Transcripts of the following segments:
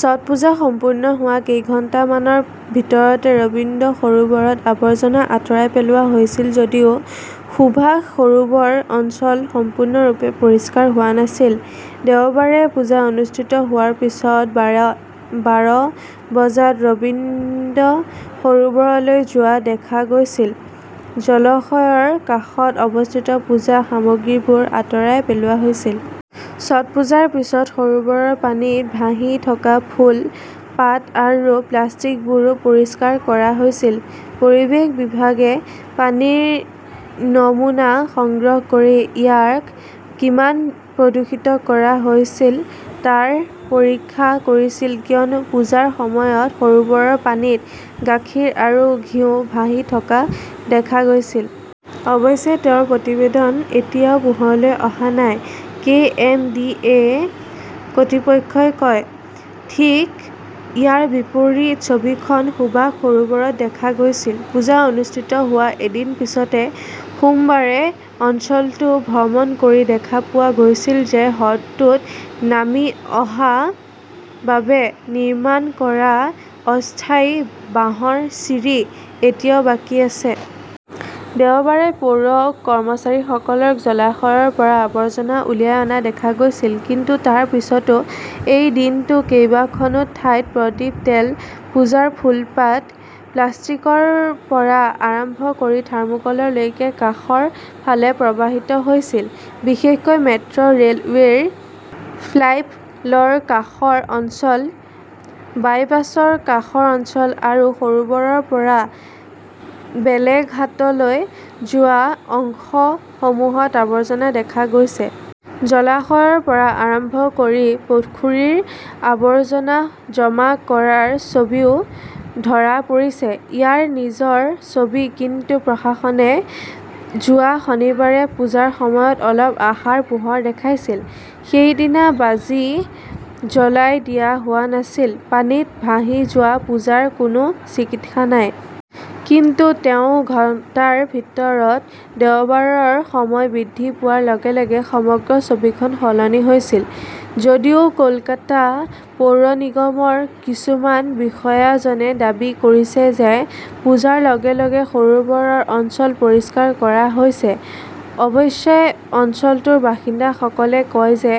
ছঠপুজা সম্পূৰ্ণ হোৱাৰ কেইঘণ্টামানৰ ভিতৰতে ৰবীন্দ্ৰ সৰোবৰত আৱৰ্জনা আঁতৰাই পেলোৱা হৈছিল যদিও সুভাষ সৰোবৰ অঞ্চল সম্পূৰ্ণৰূপে পৰিষ্কাৰ হোৱা নাছিল। দেওবাৰে পূজা অনুষ্ঠিত হোৱাৰ পিছত বাৰ বজাত ৰবীন্দ্ৰ সৰোবৰলৈ যোৱা দেখা গৈছিল। জলশয়ৰ কাষত অৱস্থিত পূজা সামগ্ৰীবোৰ আঁতৰাই পেলোৱা হৈছিল। ছটপুজাৰ পিছত সৰোবৰৰ পানীত ভাহি থকা ফুল, পাত আৰু প্লাষ্টিকবোৰো পৰিষ্কাৰ কৰা হৈছে। পৰিৱেশ বিভাগে পানীৰ নমুনা সংগ্ৰহ কৰি ইয়াক কিমান প্ৰদূষিত কৰা হৈছিল তাৰ পৰীক্ষা কৰিছিল কিয়নো পূজাৰ সময়ত সৰোবৰৰ পানীত গাখীৰ আৰু ঘিওঁ ভাহি থকা দেখা গৈছিল। অৱশ্যে তেওঁৰ প্ৰতিবেদন এতিয়াও পোহৰলৈ অহা নাই, কে.এম.ডি.এ কৰ্তৃপক্ষই কয়। ঠিক ইয়াৰ বিপৰীত ছবিখন সুভাষ সৰোবৰত দেখা গৈছিল। পূজা অনুষ্ঠিত হোৱাৰ এদিন পিছতে সোমবাৰে অঞ্চলটো ভ্ৰমণ কৰি দেখা পোৱা গৈছিল যে হ্ৰদটোত নামি অহা বাবে নিৰ্মাণ কৰা অস্থায়ী বাঁহৰ চিৰি এতিয়াও বাকী আছে। দেওবাৰে পৌৰ কৰ্মচাৰীসকলক জলাশয়ৰ পৰা আৱৰ্জনা উলিয়াই অনা দেখা গৈছিল। কিন্তু তাৰ পিছতো এই দিনটোত কেইবাখনো ঠাইত প্ৰদীপ, তেল, পূজাৰ ফুল-পাত, প্লাষ্টিকৰ পৰা আৰম্ভ কৰি থাৰ্মোকললৈকে কাষৰ ফালে প্ৰবাহিত হৈছিল। বিশেষকৈ মেট্ৰ ৰে'লৱেৰ ফ্লাইপ লৰ কাষৰ অঞ্চল ,বাইপাছৰ কাষৰ অঞ্চল আৰু সৰোবৰৰ পৰা বেলেঘাটালৈ যোৱা অংশসমূহত আৱৰ্জনা দেখা গৈছে। জলাশয়ৰ পৰা আৰম্ভ কৰি পুখুৰীৰ আৱৰ্জনা জমা কৰাৰ ছবিও ধৰা পৰিছে। ইয়াৰ নিজৰ ছবি কিন্তু প্ৰশাসনে যোৱা শনিবাৰে পূজাৰ সময়ত অলপ আশাৰ পোহৰ দেখাইছিল। সেইদিনা বাজি জ্বলাই দিয়া হোৱা নাছিল। পানীত ভাহি যোৱা পূজাৰ কোনো চিকিৎসা নাই। কিন্তু তেওঁৰ ঘণ্টাৰ ভিতৰত, দেওবাৰৰ সময় বৃদ্ধি পোৱাৰ লগে লগে সমগ্ৰ ছবিখন সলনি হৈছিল। যদিও কলকাতা পৌৰ নিগমৰ কিছুমান বিষয়াজনে দাবী কৰিছে যে পূজাৰ লগে লগে সৰোবৰ অঞ্চল পৰিষ্কাৰ কৰা হৈছে। অৱশ্যে অঞ্চলটোৰ বাসিন্দাসকলে কয় যে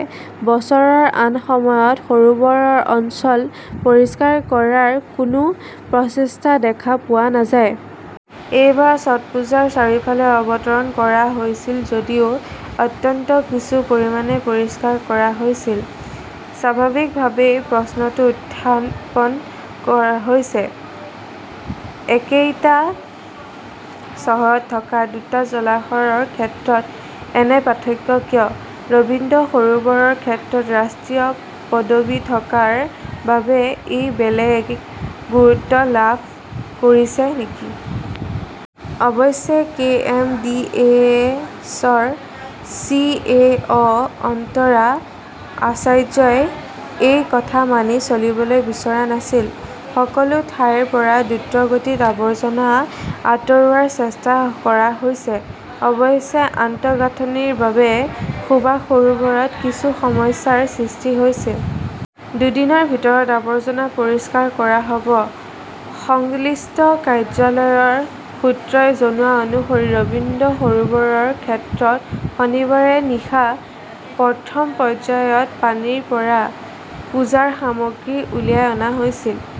বছৰৰ আন সময়ত সৰোবৰ অঞ্চল পৰিষ্কাৰ কৰাৰ কোনো প্ৰচেষ্টা দেখা পোৱা নাযায়। এইবাৰ ছঠপুজাৰ চাৰিওফালে অৱতৰণ কৰা হৈছিল যদিও অত্যন্ত কিছু পৰিমাণে পৰিষ্কাৰ কৰা হৈছিল। স্বাভাৱিকভাৱেই প্ৰশ্নটো উত্থাপন হৈছে। একেটা চহৰত থকা দুটা জলাশয়ৰ ক্ষেত্ৰত এনে পাৰ্থক্য কিয়? ৰবীন্দ্ৰ সৰোবৰৰ ক্ষেত্ৰত ৰাষ্ট্ৰীয় পদবী থকাৰ বাবে ই বেলেগ গুৰুত্ব লাভ কৰিছে নেকি? অৱশ্যে কে.এম. ডি .এ .ৰ চি .ই. অ. অন্তৰা আচাৰ্যই এই কথা মানি চলিবলৈ বিচৰা নাছিল। সকলো ঠাইৰ পৰা দ্ৰুতগতিত আৱৰ্জনা আঁতৰোৱাৰ চেষ্টা কৰা হৈছে। অৱশ্যে আন্ত- গাঁথনিৰ বাবে সুভাষ সৰোবৰত কিছু সমস্যাৰ সৃষ্টি হৈছে। দুদিনৰ ভিতৰত আৱৰ্জনা পৰিষ্কাৰ কৰা হ'ব। সংলিষ্ট কাৰ্যালয়ৰ সূত্ৰই জনোৱা অনুসৰি ৰবীন্দ্ৰ সৰোবৰৰ ক্ষেত্ৰত শনিবাৰে নিশা প্ৰথম পৰ্যায়ত পানীৰ পৰা পূজাৰ সামগ্ৰী উলিয়াই অনা হৈছিল।